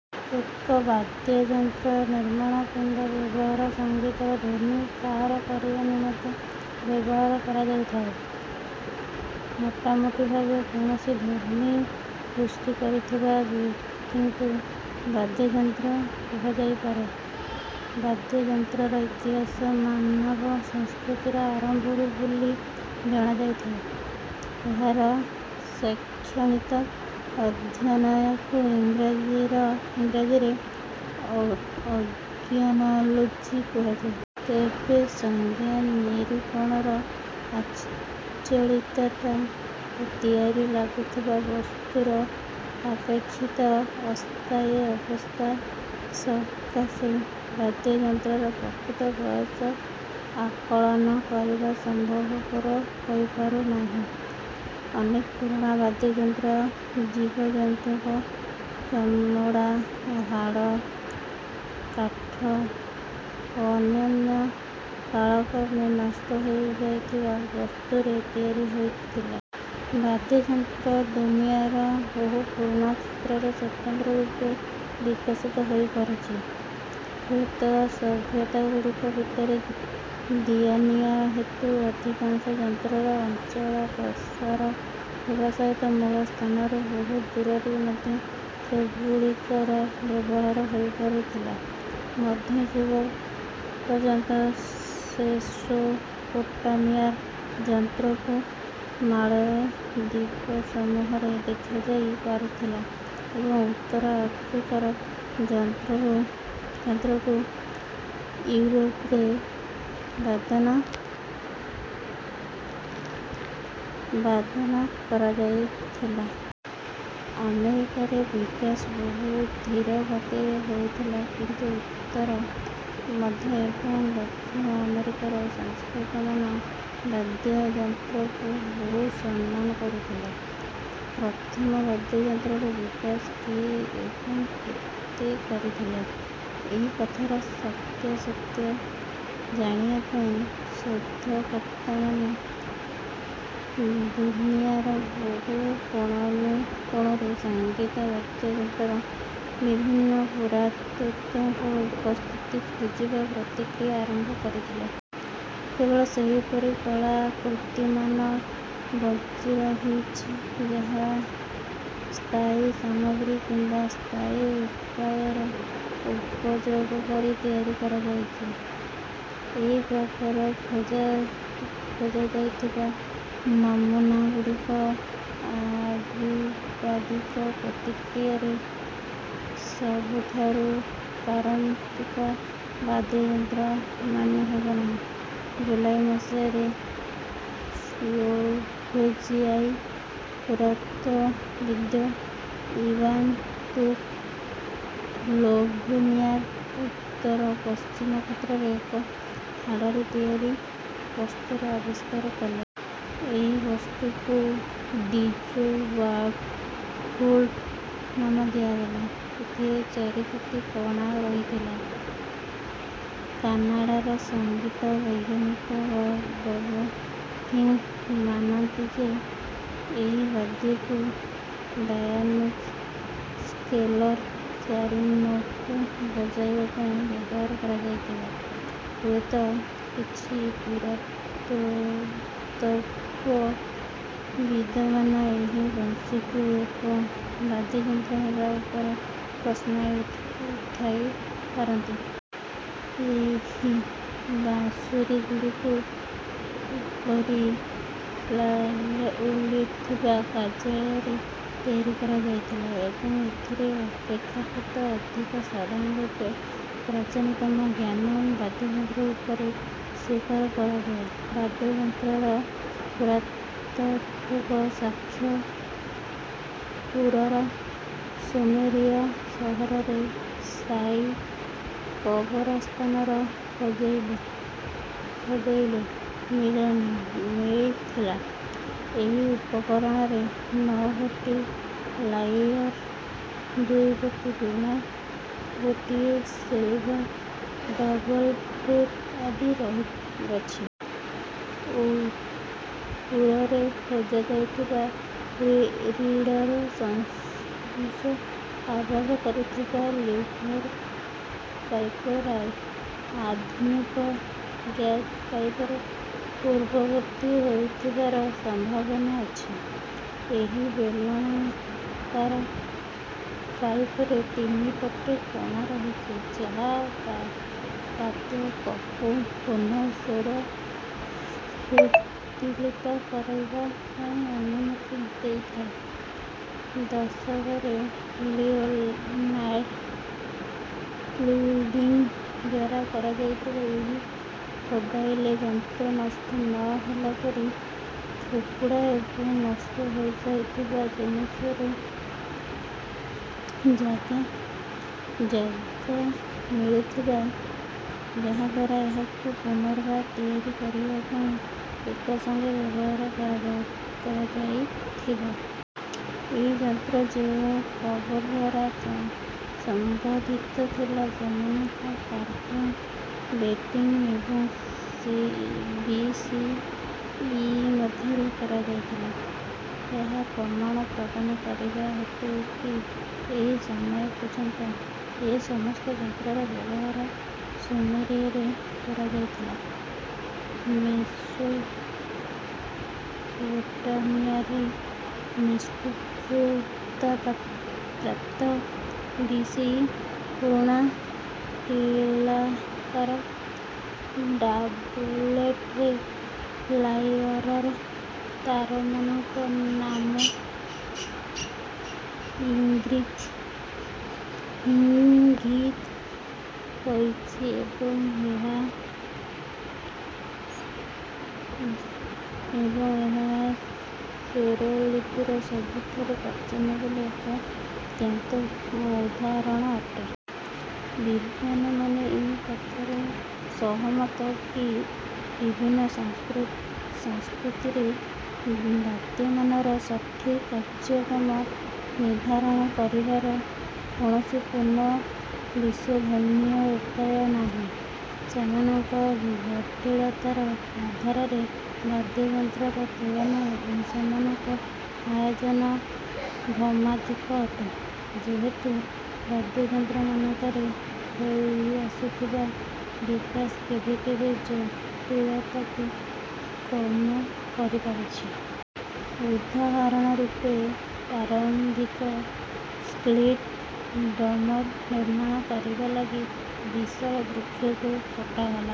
ଏକ ବାଦ୍ୟଯନ୍ତ୍ରର ନିର୍ମାଣ କିମ୍ବା ବ୍ୟବହାର ସଙ୍ଗୀତର ଧ୍ୱନି ବାହାର କରିବା ନିମନ୍ତେ ବ୍ୟବହାର କରାଯାଇଥାଏ। ମୋଟାମୋଟି ଭାବେ କୌଣସି ଧ୍ୱନି ସୃଷ୍ଟି କରୁଥିବା ବସ୍ତୁକୁ ବାଦ୍ୟଯନ୍ତ୍ର କୁହାଯାଇପାରେ। ବାଦ୍ୟଯନ୍ତ୍ରର ଇତିହାସ ମାନବ ସଂସ୍କୃତିର ଆରମ୍ଭରୁ ବୋଲି ଗଣାଯାଇଥାଏ। ଏହାର ଶୈକ୍ଷଣିକ ଅଧ୍ୟୟନକୁ ଇଂରାଜୀରେ ଅର୍ଗାନୋଲୋଜି କୁହାଯାଏ। ତେବେ ସଂଜ୍ଞା ନିରୂପଣର ଆଞ୍ଚଳିକତା ଓ ତିଆରି ଲାଗୁଥିବା ବସ୍ତୁର ଆପେକ୍ଷିକ ଅସ୍ଥାୟୀ ଅବସ୍ଥା ସକାଶେ ବାଦ୍ୟଯନ୍ତ୍ରର ପ୍ରକୃତ ବୟସ ଆକଳନ କରିବା ସମ୍ଭବପର ହୋଇପାରିନାହିଁ। ଅନେକ ପୁରୁଣା ବାଦ୍ୟଯନ୍ତ୍ର ଜୀବଜନ୍ତୁଙ୍କ ଚମଡ଼ା ଓ ହାଡ଼, କାଠ ଓ ଅନ୍ୟାନ୍ୟ କାଳକ୍ରମେ ନଷ୍ଟ ହୋଇଯାଉଥିବା ବସ୍ତୁରେ ତିଆରି ହେଉଥିଲା। ବାଦ୍ୟଯନ୍ତ୍ର ଦୁନିଆର ବହୁ ପୁରୁଣା କ୍ଷେତ୍ରରେ ସ୍ୱତନ୍ତ୍ର ରୂପରେ ବିକାଶିତ ହୋଇପାରିଛି। ହୁଏତ ସଭ୍ୟତାଗୁଡ଼ିକ ଭିତରେ ଦିଆନିଆ ହେତୁ ଅଧିକାଂଶ ଯନ୍ତ୍ରର ଚଞ୍ଚଳ ପ୍ରସାର ହେବା ସହିତ ମୂଳ ସ୍ଥାନରୁ ବହୁ ଦୂରରେ ମଧ୍ୟ ସେଗୁଡ଼ିକର ବ୍ୟବହାର ହୋଇପାରିଥିଲା। ମଧ୍ୟଯୁଗ ପର୍ଯ୍ୟନ୍ତ ମେସୋପୋଟାମିଆର ଯନ୍ତ୍ରକୁ ମାଳୟ ଦ୍ୱୀପସମୂହରେ ଦେଖାଯାଇ ପାରୁଥିଲା ଏବଂ ଉତ୍ତର ଆଫ୍ରିକାର ଯନ୍ତ୍ରକୁ ୟୁରୋପରେ ବାଦନ କରାଯାଇଥିଲା। ଆମେରିକାରେ ବିକାଶ ବହୁ ଧୀର ଗତିରେ ହୋଇଥିଲା କିନ୍ତୁ ଉତ୍ତର, ମଧ୍ୟ ଏବଂ ଦକ୍ଷିଣ ଆମେରିକାର ସଂସ୍କୃତିମାନ ବାଦ୍ୟଯନ୍ତ୍ରକୁ ବହୁ ସମ୍ମାନ କରୁଥିଲେ। ପ୍ରଥମ ବାଦ୍ୟଯନ୍ତ୍ରର ବିକାଶ କିଏ ଏବଂ କେବେ କରିଥିଲେ, ଏହି କଥାର ସତ୍ୟାସତ୍ୟ ଜାଣିବା ପାଇଁ ଶୋଧକର୍ତ୍ତାମାନେ ଦୁନିଆର ବହୁ କୋଣାନୁକୋଣରେ ସଙ୍ଗୀତ ବାଦ୍ୟଯନ୍ତ୍ରର ବିଭିନ୍ନ ପୁରାତାତ୍ତ୍ୱିକ ଉପସ୍ଥିତି ଖୋଜିବା ପ୍ରକ୍ରିୟା ଆରମ୍ଭ କରିଥିଲେ। କେବଳ ସେହିପରି କଳାକୃତିମାନ ବଞ୍ଚିରହିଛି ଯାହା ସ୍ଥାୟୀ ସାମଗ୍ରୀ କିମ୍ବା ସ୍ଥାୟୀ ଉପାୟର ଉପଯୋଗ କରି ତିଆରି କରାଯାଇଛି। ଏହି ପ୍ରକାର ଖୋଜାଯାଇଥିବା ନମୂନା ଗୁଡ଼ିକ ଅବିବାଦିତ ପ୍ରକ୍ରିୟାରେ ସବୁଠାରୁ ପ୍ରାରମ୍ଭିକ ବାଦ୍ୟଯନ୍ତ୍ର ମାନି ହେବ ନାହିଁ। ଜୁଲାଇ ମସିହାରେ, ସ୍ଲୋଭେନିଆଈ ପୁରାତତ୍ତ୍ୱବିଦ ଇବାନ ତୁର୍କ ସ୍ଲୋଭେନିଆର ଉତ୍ତର ପଶ୍ଚିମ କ୍ଷେତ୍ରରେ ଏକ ହାଡ଼ରେ ତିଆରି ବସ୍ତୁର ଆବିଷ୍କାର କଲେ। ଏହି ବସ୍ତୁକୁ ଡିଜ୍ୱେ ୱେବ ଫ୍ଲୂଟ ନାମ ଦିଆଗଲା, ଏଥିରେ ଚାରିଗୋଟି କଣା ରହିଥିଲା। କାନାଡ଼ାର ସଙ୍ଗୀତ ବୈଜ୍ଞାନିକ ବବ ଫିଙ୍କ ମାନନ୍ତି ଯେ, ଏହି ବାଦ୍ୟକୁ ଡାୟାଟୋନିକ ସ୍କେଲର ଚାରି ନୋଟକୁ ବଜାଇବା ପାଇଁ ବ୍ୟବହାର କରାଯାଉଥିବ। ହୁଏତ, କିଛି ପୁରାତତ୍ତ୍ୱବିଦମାନେ ଏହି ବଂଶୀକୁ ଏକ ବାଦ୍ୟଯନ୍ତ୍ର ହେବା ଉପରେ ପ୍ରଶ୍ନ ଉଠାଇ ପାରନ୍ତି। ଏହି ବାଂଶୁରୀଗୁଡ଼ିକୁ ଉପରୀ ପାଲେଓଲିଥିକ କାର୍ଯ୍ୟାଳୟରେ ତିଆରି କରାଯାଇଥିଲା ଏବଂ ଏଥିରେ ଅପେକ୍ଷାକୃତ ଅଧିକ ସାଧାରଣ ରୂପେ ପ୍ରାଚୀନତମ ଜ୍ଞାତ ବାଦ୍ୟଯନ୍ତ୍ର ରୂପରେ ସ୍ୱୀକାର କରାଯାଏ। ବାଦ୍ୟଯନ୍ତ୍ରର ପୁରାତାତ୍ତ୍ୱିକ ସାକ୍ଷ, ଉରର ସୁମେରୀୟ ସହରରେ ଶାହୀ କବରସ୍ଥାନର ଖୋଦେଇରେ ମିଳିଥିଲା। ଏହି ଉପକରଣରେ ନଅ ଗୋଟି ଲାଇଅର, ଦୁଇ ଗୋଟି ବୀଣା, ଗୋଟିଏ ସିଲଭର ଡବଲ ଫ୍ଲୂଟ ଆଦି ରହିଅଛି। ଉରରେ ଖୋଜା ଯାଇଥିବା ରୀଡର ସଦୃଶ ଆବାଜ କରୁଥିବା ସିଲଭର ପାଇପର ଆଧୁନିକ ବ୍ୟାଗପାଇପର ପୂର୍ବବର୍ତ୍ତୀ ହୋଇଥିବାର ସମ୍ଭାବନା ଅଛି। ଏହି ବେଲଣାକାର ପାଇପରେ ତିନି ପଟେ କଣା ରହିଛି ଯାହା ବାଦକକୁ ପୂର୍ଣ୍ଣ ସ୍ୱର ସ୍ଫୁଲିତ କରିବା ପାଇଁ ଅନୁମତି ଦେଇଥାଏ। ଦଶକରେ ଲିଓନାର୍ଡ ୱୁଲିଙ୍କ ଦ୍ୱାରା କରାଯାଇଥିବା ଏହି ଖୋଦାଇରେ ଯନ୍ତ୍ର ନଷ୍ଟ ନ ହେଲାପରି ଟୁକୁଡ଼ା ଏବଂ ନଷ୍ଟ ହୋଇସାରିଥିବା ଜିନିଷର ଖାଲି ଜାଗା ମିଳିଥିଲା, ଯାହାଦ୍ୱାରା ଏହାକୁ ପୁନର୍ବାର ତିଆରି କରିବା ପାଇଁ ଏକସଙ୍ଗେ ବ୍ୟବହାର କରାଯାଇଥିବ। ଏହି ଯନ୍ତ୍ର ଯେଉଁ କବର ଦ୍ୱାରା ସମ୍ବନ୍ଧିତ ଥିଲା ସେମାନଙ୍କ କାର୍ବନ ଡେଟିଙ୍ଗ ଏବଂ ବି ସି ଇ ମଧ୍ୟରେ କରାଯାଇଥିଲା, ଏହା ପ୍ରମାଣ ପ୍ରଦାନ କରିବା ହେତୁ କି ଏହି ସମୟ ପର୍ଯ୍ୟନ୍ତ ଏ ସମସ୍ତ ଯନ୍ତ୍ରର ବ୍ୟବହାର ସୁମେରୀୟରେ କରାଯାଉଥିଲା। ମେସୋପୋଟାମିଆରେ ନିପ୍ପୁରରୁ ପ୍ରାପ୍ତ, ବି ସି ଇ ପୁରୁଣା କୀଲାକାର ଟାବଲେଟରେ ଲାଇଅରର ତାରମାନଙ୍କ ନାମ ଇଙ୍ଗିତ ହୋଇଛି ଏବଂ ଏହା ସ୍ୱରଲିପିର ସବୁଠାରୁ ପ୍ରାଚୀନ ବୋଲି ଏକ ଜ୍ଞାତ ଉଦାହରଣ ଅଟେ। ବିଦ୍ୱାନମାନେ ଏହି କଥାରେ ସହମତ କି, ବିଭିନ୍ନ ସଂସ୍କୃତିରେ ବାଦ୍ୟମାନର ସଠିକ କାଳକ୍ରମ ନିର୍ଦ୍ଧାରଣ କରିବାର କୌଣସି ପୂର୍ଣ୍ଣ ବିଶ୍ୱସନୀୟ ଉପାୟ ନାହିଁ। ସେମାନଙ୍କ ଜଟିଳତାର ଆଧାରରେ ବାଦ୍ୟଯନ୍ତ୍ରର ତୁଳନା ଏବଂ ସେମାନଙ୍କ ଆୟୋଜନ ଭ୍ରମାତ୍ମକ ଅଟେ, ଯେହେତୁ ବାଦ୍ୟଯନ୍ତ୍ରମାନଙ୍କରେ ହୋଇଆସୁଥିବା ବିକାଶ କେବେ କେବେ ଜଟିଳତାକୁ କମ କରିପାରିଛି। ଉଦାହରଣ ରୂପେ, ପ୍ରାରମ୍ଭିକ ସ୍ଲିଟ ଡ୍ରମର ନିର୍ମାଣ କରିବା ଲାଗି ବିଶାଳ ବୃକ୍ଷକୁ କଟାଗଲା।